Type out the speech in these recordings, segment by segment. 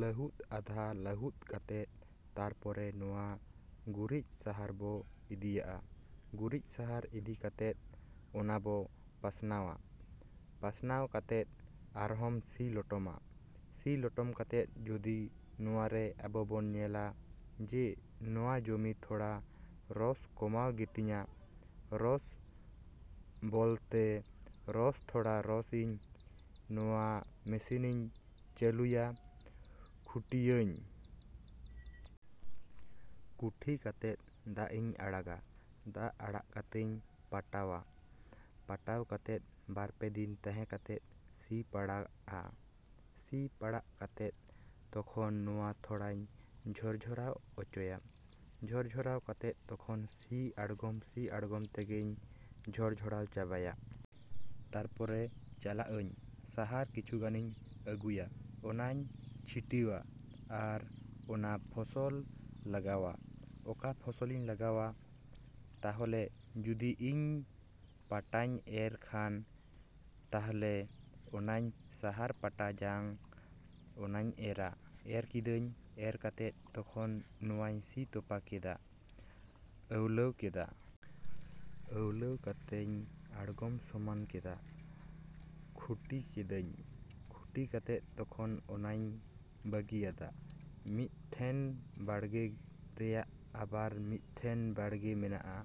ᱞᱟᱹᱦᱩᱫ ᱟᱫᱷᱟ ᱞᱟᱹᱦᱩᱫ ᱠᱟᱛᱮᱫ ᱛᱟᱯᱚᱨᱮ ᱱᱚᱣᱟ ᱜᱩᱨᱤᱡ ᱥᱟᱦᱟᱨᱵᱚ ᱤᱫᱤᱭᱟᱜᱼᱟ᱾ ᱜᱩᱨᱤᱡ ᱥᱟᱦᱟᱨ ᱤᱫᱤ ᱠᱟᱛᱮᱫ ᱚᱱᱟᱵᱚ ᱯᱟᱥᱱᱟᱣᱟ᱾ ᱯᱟᱥᱱᱟᱣ ᱠᱟᱛᱮᱫ ᱟᱨᱦᱚᱢ ᱥᱤ ᱞᱚᱴᱚᱢᱟ᱾ ᱥᱤ ᱞᱚᱴᱚᱢ ᱠᱟᱛᱮᱫ ᱡᱚᱫᱤ ᱱᱚᱣᱟᱨᱮ ᱟᱵᱚ ᱵᱚᱱ ᱧᱮᱞᱟ ᱡᱮ ᱱᱚᱣᱟ ᱡᱚᱢᱤ ᱛᱷᱚᱲᱟ ᱨᱚᱥ ᱠᱚᱢᱟᱣ ᱜᱤᱛᱤᱧᱟ, ᱨᱚᱥ ᱵᱚᱞᱛᱮ ᱨᱚᱥ ᱛᱷᱚᱲᱟ ᱨᱚᱥ ᱤᱧ ᱱᱚᱣᱟ ᱢᱮᱥᱤᱱᱤᱧ ᱪᱟᱹᱞᱩᱭᱟ, ᱠᱷᱩᱴᱤᱭᱟᱹᱧ᱾ ᱠᱷᱩᱴᱤ ᱠᱟᱛᱮᱫ ᱫᱟᱜ ᱤᱧ ᱟᱲᱟᱜᱟ᱾ ᱫᱟᱜ ᱟᱲᱟᱜ ᱠᱟᱛᱮᱧ ᱯᱟᱴᱟᱣᱟ᱾ ᱯᱟᱴᱟᱣ ᱠᱟᱛᱮᱫ ᱵᱟᱨᱼᱯᱮ ᱫᱤᱱ ᱛᱟᱦᱮᱸ ᱠᱟᱛᱮᱫ ᱥᱤ ᱯᱟᱲᱟᱜᱼᱟ᱾ ᱥᱤ ᱯᱟᱲᱟᱜ ᱠᱟᱛᱮᱫ ᱛᱚᱠᱷᱚᱱ ᱱᱚᱣᱟ ᱛᱷᱚᱲᱟᱧ ᱡᱷᱚᱨᱼᱡᱷᱚᱨᱟᱣ ᱚᱪᱚᱭᱟ᱾ ᱡᱷᱚᱨᱼᱡᱷᱚᱲᱟᱣ ᱠᱟᱛᱮᱫ ᱛᱚᱠᱷᱚᱱ ᱥᱤ ᱟᱲᱜᱚᱢ ᱥᱤ ᱟᱲᱜᱚᱢ ᱛᱮᱜᱮᱧ ᱡᱷᱚᱲ-ᱡᱷᱚᱲᱟᱣ ᱪᱟᱵᱟᱭᱟ᱾ ᱛᱟᱨᱯᱚᱨᱮ ᱪᱟᱞᱟᱜᱼᱟᱹᱧ ᱥᱟᱦᱟᱨ ᱠᱤᱪᱷᱩ ᱜᱟᱱᱤᱧ ᱟᱹᱜᱩᱭᱟ, ᱚᱱᱟᱧ ᱪᱷᱤᱴᱤᱣᱟ ᱟᱨ ᱚᱱᱟ ᱯᱷᱚᱥᱚᱞ ᱞᱟᱜᱟᱣᱟ᱾ ᱚᱠᱟ ᱯᱷᱚᱥᱞᱤᱧ ᱞᱟᱜᱟᱣᱟ, ᱛᱟᱦᱚᱞᱮ ᱡᱩᱫᱤ ᱤᱧ ᱯᱟᱴᱟᱧ ᱮᱨ ᱠᱷᱟᱱ ᱛᱟᱦᱞᱮ ᱚᱱᱟ ᱥᱟᱦᱟᱨ ᱯᱟᱴᱟ ᱡᱟᱝ ᱚᱱᱟᱧ ᱮᱨᱟ᱾ ᱮᱨ ᱠᱮᱫᱟᱹᱧ, ᱮᱨ ᱠᱟᱛᱮᱫ ᱛᱚᱠᱷᱚᱱ ᱱᱚᱣᱟᱧ ᱥᱤ ᱛᱚᱯᱟ ᱠᱮᱫᱟ, ᱟᱹᱣᱞᱟᱹᱣ ᱠᱮᱫᱟ᱾ ᱟᱹᱣᱞᱟᱹᱣ ᱠᱟᱛᱮᱧ ᱟᱲᱜᱚᱢ ᱥᱚᱢᱟᱱ ᱠᱮᱫᱟ, ᱠᱷᱩᱴᱤ ᱠᱮᱫᱟᱹᱧ᱾ ᱠᱷᱩᱴᱤ ᱠᱟᱛᱮᱫ ᱛᱚᱠᱷᱚᱱ ᱚᱱᱟᱧ ᱵᱟᱹᱜᱤᱭᱟᱫᱟ᱾ ᱢᱤᱫᱴᱮᱱ ᱵᱟᱲᱜᱮ ᱨᱮᱭᱟᱜ ᱟᱵᱟᱨ ᱢᱤᱫᱴᱮᱱ ᱵᱟᱲᱜᱮ ᱢᱮᱱᱟᱜᱼᱟ᱾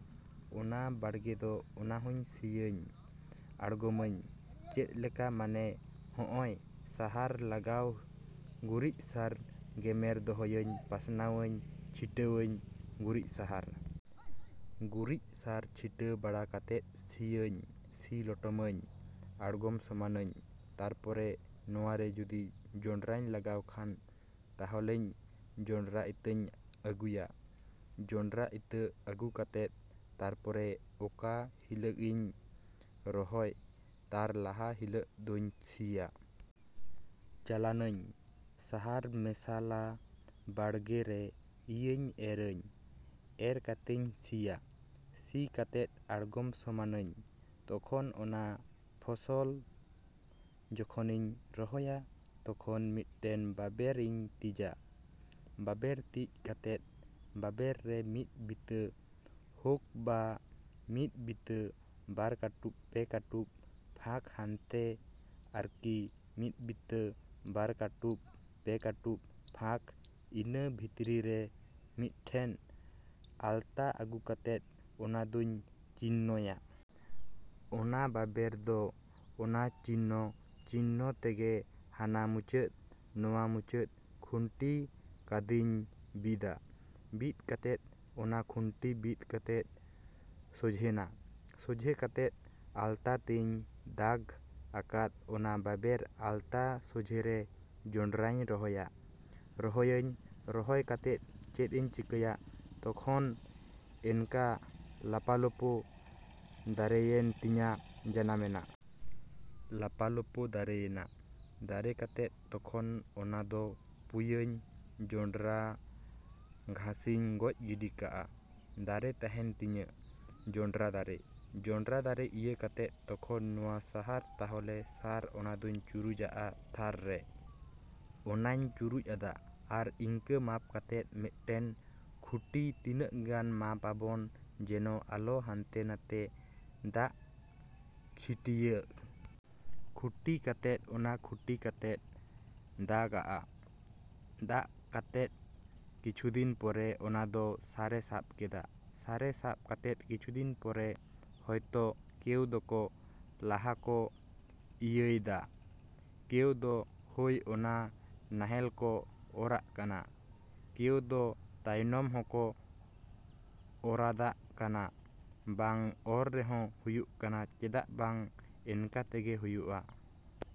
ᱚᱱᱟ ᱵᱟᱲᱜᱮᱫᱚ ᱚᱱᱟᱦᱚᱸ ᱥᱤᱭᱟᱹᱧ, ᱟᱲᱜᱚᱢᱟᱹᱧ᱾ ᱪᱮᱫᱞᱮᱠᱟ ᱢᱟᱱᱮ ᱦᱚᱸᱜᱼᱚᱭ ᱥᱟᱦᱟᱨ ᱞᱟᱜᱟᱣ ᱜᱩᱨᱤᱡ ᱥᱟᱨ ᱜᱮᱢᱮᱨ ᱫᱚᱦᱚᱭᱟᱹᱧ, ᱯᱟᱥᱱᱟᱣᱟᱹᱧ, ᱪᱷᱤᱴᱟᱹᱣᱟᱹᱧ ᱜᱩᱨᱤᱡ ᱥᱟᱦᱟᱨ᱾ ᱜᱩᱨᱤᱡ ᱥᱟᱨ ᱪᱷᱤᱴᱟᱹᱣ ᱵᱟᱲᱟ ᱠᱟᱛᱮᱫ ᱥᱤᱭᱟᱹᱧ, ᱥᱤ ᱞᱚᱴᱚᱢᱟᱹᱧ, ᱟᱲᱜᱚᱢ ᱥᱚᱢᱟᱱᱟᱹᱧ᱾ ᱛᱟᱨᱯᱚᱨᱮ ᱱᱚᱣᱟᱨᱮ ᱡᱩᱫᱤ ᱡᱚᱸᱰᱨᱟᱧ ᱞᱟᱜᱟᱣ ᱠᱷᱟᱱ, ᱛᱟᱦᱚᱞᱮᱧ ᱡᱚᱸᱰᱨᱟ ᱤᱛᱟᱹᱧ ᱟᱹᱜᱩᱭᱟ᱾ ᱡᱚᱸᱰᱨᱟ ᱤᱛᱟᱹ ᱟᱹᱜᱩ ᱠᱟᱛᱮᱫ, ᱛᱟᱨᱯᱚᱨᱮ ᱚᱠᱟ ᱦᱤᱞᱟᱹᱜᱤᱧ ᱨᱚᱦᱚᱭ ᱛᱟᱨ ᱞᱟᱦᱟ ᱦᱤᱞᱟᱹᱜ ᱫᱚᱧ ᱥᱤᱭᱟ᱾ ᱪᱟᱞᱟᱱᱟᱹᱧ ᱥᱟᱦᱟᱨ ᱢᱮᱥᱟᱞᱟ ᱵᱟᱲᱜᱮᱨᱮ ᱤᱭᱟᱹᱧ ᱮᱨᱟᱧ᱾ ᱮᱨ ᱠᱟᱛᱮᱧ ᱥᱤᱭᱟ᱾ ᱥᱤ ᱠᱟᱛᱮᱫ ᱟᱲᱜᱚᱢ ᱥᱚᱢᱟᱱᱟᱹᱧ᱾ ᱛᱚᱠᱷᱚᱱ ᱚᱱᱟ ᱯᱷᱚᱥᱚᱞ ᱡᱚᱠᱷᱚᱱᱤᱧ ᱨᱚᱦᱚᱭᱟ ᱛᱚᱠᱷᱚᱱ ᱢᱤᱫᱴᱮᱱ ᱵᱟᱵᱮᱨ ᱤᱧ ᱛᱤᱡᱟ᱾ ᱵᱟᱵᱮᱨ ᱛᱤᱡ ᱠᱟᱛᱮᱫ ᱵᱟᱵᱮᱨ ᱨᱮ ᱢᱤᱫ ᱵᱤᱛᱟᱹ ᱦᱳᱠ ᱵᱟ ᱢᱤᱫ ᱵᱤᱛᱟᱹ ᱵᱟᱨ ᱠᱟᱹᱴᱩᱵ ᱯᱮ ᱠᱟᱹᱴᱩᱵ ᱯᱷᱟᱸᱠ ᱦᱟᱱᱛᱮ ᱟᱨᱠᱤ ᱢᱤᱫ ᱵᱤᱛᱟᱹ ᱵᱟᱨ ᱠᱟᱹᱴᱩᱵ ᱯᱮ ᱠᱟᱹᱴᱩᱵ ᱯᱷᱟᱸᱠ ᱤᱱᱟᱹ ᱵᱷᱤᱛᱤᱨ ᱨᱮ ᱢᱤᱫᱴᱮᱱ ᱟᱞᱛᱟ ᱟᱹᱜᱩ ᱠᱟᱛᱮᱫ ᱚᱱᱟᱫᱚᱧ ᱪᱤᱱᱱᱚᱭᱟ᱾ ᱚᱱᱟ ᱵᱟᱵᱮᱨᱫᱚ ᱚᱱᱟ ᱪᱤᱱᱱᱚ-ᱪᱤᱱᱱᱚ ᱛᱮᱜᱮ ᱦᱟᱱᱟ ᱢᱩᱪᱟᱹᱫ ᱱᱚᱣᱟ ᱢᱩᱪᱟᱹᱫ ᱠᱷᱩᱱᱴᱤ ᱠᱟᱫᱤᱧ ᱵᱤᱫᱟ᱾ ᱵᱤᱫ ᱠᱟᱛᱮᱫ ᱚᱱᱟ ᱠᱷᱩᱱᱴᱤ ᱵᱤᱫ ᱠᱟᱛᱮᱫ ᱥᱳᱡᱷᱮᱱᱟ, ᱥᱚᱡᱷᱮ ᱠᱟᱛᱮᱫ ᱟᱞᱛᱟ ᱛᱮᱧ ᱫᱟᱜᱽ ᱟᱠᱟᱫ ᱚᱱᱟ ᱵᱟᱵᱮᱨ ᱟᱞᱛᱟ ᱥᱚᱡᱷᱮᱨᱮ ᱡᱚᱸᱰᱨᱟᱧ ᱨᱚᱦᱚᱭᱟ᱾ ᱨᱚᱦᱚᱭᱟᱹᱧ, ᱨᱚᱦᱚᱭ ᱠᱟᱛᱮᱫ ᱪᱮᱫᱼᱤᱧ ᱪᱮᱠᱟᱭᱟ ᱛᱚᱠᱷᱚᱱ ᱮᱱᱠᱟ ᱞᱟᱯᱟᱞᱳᱯᱳ ᱫᱟᱨᱮᱭᱮᱱ ᱛᱤᱧᱟᱹ, ᱡᱟᱱᱟᱢᱱᱟ᱾ ᱞᱟᱯᱟᱞᱳᱯᱳ ᱫᱟᱨᱮᱭᱱᱟ᱾ ᱫᱟᱨᱮ ᱠᱟᱛᱮᱫ ᱛᱚᱠᱷᱚᱱ ᱚᱱᱟᱫᱚ ᱯᱩᱭᱟᱹᱧ ᱡᱚᱸᱰᱨᱟ ᱜᱷᱟᱥᱤᱧ ᱜᱚᱡ ᱜᱤᱰᱤ ᱠᱟᱜᱼᱟ᱾ ᱫᱟᱨᱮ ᱛᱟᱦᱮᱱ ᱛᱤᱧᱟᱹ ᱡᱚᱸᱰᱨᱟ ᱫᱟᱨᱮ᱾ ᱡᱚᱸᱰᱨᱟ ᱫᱟᱨᱮ ᱤᱭᱟᱹ ᱠᱟᱛᱮᱫ ᱛᱚᱠᱷᱚᱱ ᱱᱚᱣᱟ ᱥᱟᱦᱟᱨ ᱛᱟᱦᱚᱞᱮ ᱥᱟᱨ ᱚᱱᱟᱫᱚᱧ ᱪᱩᱨᱩᱡᱟᱜᱼᱟ ᱛᱷᱟᱨ ᱨᱮ᱾ ᱚᱱᱟᱧ ᱪᱩᱨᱩᱡᱼᱟᱫᱟ ᱟᱨ ᱤᱝᱠᱟ ᱢᱟᱯ ᱠᱟᱛᱮᱫ ᱢᱤᱫᱴᱮᱱ ᱠᱷᱩᱴᱤ ᱛᱤᱱᱟᱹᱜ ᱜᱟᱱ ᱢᱟᱯ ᱟᱵᱚᱱ ᱡᱮᱱᱚ ᱟᱞᱚ ᱦᱟᱱᱛᱮ ᱱᱟᱛᱮ ᱫᱟᱜ ᱠᱷᱴᱤᱭᱟᱣ᱾ ᱠᱷᱩᱴᱤ ᱠᱟᱛᱮᱫ ᱚᱱᱟ ᱠᱷᱩᱴᱤ ᱠᱟᱛᱮᱫ ᱫᱟᱜᱟᱜᱼᱟ᱾ ᱫᱟᱜ ᱠᱟᱛᱮᱫ ᱠᱤᱪᱷᱩᱫᱤᱱ ᱯᱚᱨᱮ ᱚᱱᱟᱫᱚ ᱥᱟᱨᱮ ᱥᱟᱵ ᱠᱮᱫᱟ᱾ ᱥᱟᱨᱮ ᱥᱟᱵ ᱠᱟᱛᱮᱫ ᱠᱤᱪᱷᱩᱫᱤᱱ ᱯᱚᱨᱮ ᱦᱚᱭᱛᱚ ᱠᱮᱣ ᱫᱚᱠᱚ ᱞᱟᱦᱟᱠᱚ ᱤᱭᱟᱹᱭᱫᱟ᱾ ᱠᱮᱣᱫᱚ ᱦᱳᱭ ᱚᱱᱟ ᱱᱟᱦᱮᱞᱠᱚ ᱚᱨᱟᱜ ᱠᱟᱱᱟ᱾ ᱠᱮᱣᱫᱚ ᱛᱟᱭᱱᱚᱢ ᱦᱚᱸᱠᱚ ᱚᱨᱟᱫᱟᱜ ᱠᱟᱱᱟ ᱵᱟᱝ ᱚᱨ ᱨᱮᱦᱚᱸ ᱦᱩᱭᱩᱜ ᱠᱟᱱᱟ ᱪᱮᱫᱟᱜ ᱵᱟᱝ ᱮᱱᱠᱟ ᱛᱮᱜᱮ ᱦᱩᱭᱩᱜᱼᱟ᱾।